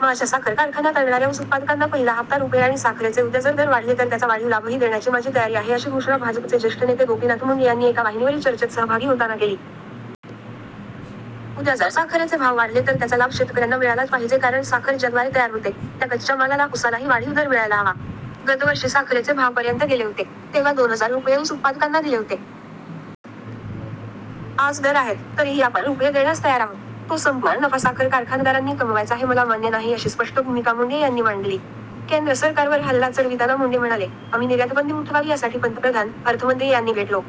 माझ्या साखर कारखान्यात आणणाऱ्या ऊस उत्पादकांना पहिला हप्ता रुपये आणि साखरेचे उद्या जर दर वाढले तर त्याचा वाढीव लाभही देण्याची माझी तयारी आहे अशी घोषणा भाजपचे ज्येष्ठ नेते गोपीनाथ मुंडे यांनी एका वाहिनीवरील चर्चेत सहभागी होताना केली. उद्या जर साखरेचे भाव वाढले तर त्याचा लाभ शेतकऱ्यांना मिळालाच पाहिजे कारण साखर ज्याद्वारे तयार होते, त्या कच्च्या मालाला-उसालाही वाढीव दर मिळायला हवा. गतवर्षी साखरेचे भाव पर्यंत गेले होते. तेव्हा दोन हजार रुपये ऊस उत्पादकांना दिले होते. आज दर आहेत. तरीही आपण रुपये देण्यास तयार आहोत. तो सम्पूर्ण नफा साखर कारखानदारांनी कमवायचा हे मला मान्य नाही अशी स्पष्ट भूमिका मुंडे यांनी मांडली. केंद्र सरकारवर हल्ला चढविताना मुंडे म्हणाले, आम्ही निर्यातबंदी उठवावी यासाठी पन्तप्रधान, अर्थमंत्री यांनी भेटलो.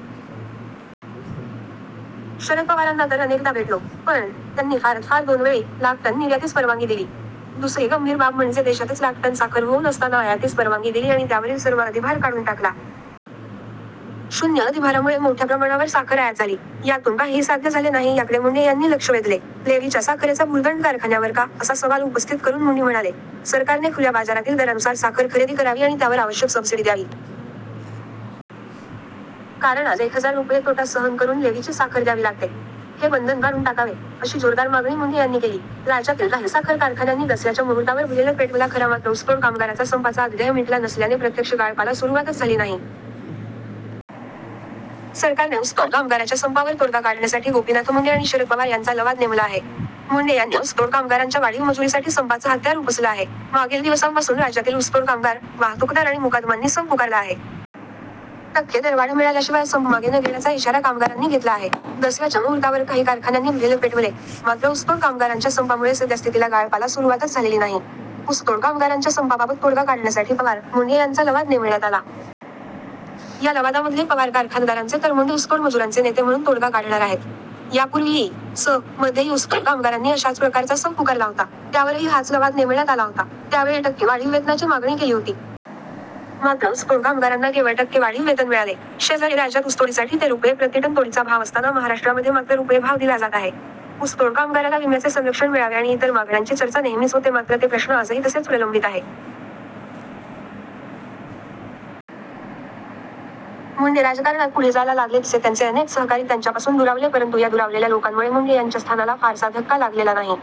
शरद पवारांना तर अनेकदा भेटलो. पण, त्यांनी फारच फार दोनवेळी - लाख टन निर्यातीस परवानगी दिली. दुसरी गंभीर बाब म्हणजे देशातच लाख टन साखर पडून असताना आयातीस परवानगी दिली आणि त्यावरील सर्व अधिभार काढून टाकला. शून्य अधिभारामुळे मोठ्या प्रमाणावर साखर आयात झाली. यातून काहीही साध्य झाले नाही याकडे मुंडे यांनी लक्ष वेधले. लेव्हीच्या साखरेचा भुर्दण्ड कारखान्यावर का, असा सवाल उपस्थित करून मुंडे म्हणाले, सरकारने खुल्या बाजारातील दरानुसार साखर खरेदी करावी आणि त्यावर आवश्यक सबसिडी द्यावी. कारण आज एक हजार रुपये तोटा सहन करून लेव्हीची साखर द्यावी लागते. हे बंधन काढून टाकावे, अशी जोरदार मागणी मुंडे यांनी केली.। राज्यातील काही साखर कारखान्यांनी दसऱ्याच्या मुहूर्तावर बॉयलर पेटवला खरा मात्र ऊसतोड कामगाराचा सम्पाचा अध्याय मिटला नसल्याने प्रत्यक्ष गाळपाला सुरुवातच झाली नाही. सरकारने ऊसतोड कामगाराच्या संपावर तोडगा काढण्यासाठी गोपीनाथ मुंडे आणि शरद पवार यांचा लवाद नेमला आहे. मुंडे यांनी ऊसतोड कामगारांच्या वाढीव मजुरीसाठी सम्पाचं हत्यार उपसलं आहे. मागील दिवसांपासून राज्यातील ऊसतोड कामगार, वाहतूकदार आणि मुकादमांनी सम्प पुकारला आहे. टक्के दरवाढ मिळाल्याशिवाय सम्प मागे न घेण्याचा इशारा कामगारांनी घेतला आहे. दसऱ्याच्या मुहूर्तावर काही कारखान्यांनी बॉयलर पेटवले, मात्र ऊसतोड कामगारांच्या सम्पामुळे सद्यास्थितीला गाळपाला सुरुवातच झालेली नाही. ऊसतोड कामगारांच्या सम्पाबाबत तोडगा काढण्यासाठी पवार-मुंडे यांचा लवाद नेमण्यात आला. या लवादामध्ये पवार कारखानदारांचे तर मुंडे ऊसतोड मजुरांचे नेते म्हणून तोडगा काढणार आहेत. यापूर्वी इ. स. मध्येही ऊसतोड कामगारांनी अशाच प्रकारचा सम्प पुकारला होता. त्यावरही हाच लवाद नेमण्यात आला होता. त्यावेळी टक्के वाढीव वेतनाची मागणी केली होती. मात्र ऊसतोड कामगारांना केवळ टक्के वाढीव वेतन मिळाले. शेजारी राज्यात ऊसतोडीसाठी ते रुपये प्रतिटन तोडीचा भाव असताना महाराष्ट्रामध्ये मात्र रुपये भाव दिला जात आहे. ऊसतोड कामगाराला विम्याचे संरक्षण मिळावे आणि इतर मागण्यांची चर्चा नेहमीच होते मात्र ते प्रश्न आजही तसेच प्रलम्बित आहे. मुंडे राजकारणात पुढे जायला लागले तसे त्यांचे अनेक सहकारी त्यांच्यापासून दुरावले परंतु या दुरावलेल्या लोकांमुळे मुंडे यांच्या स्थानाला फारसा धक्का लागलेला नाही.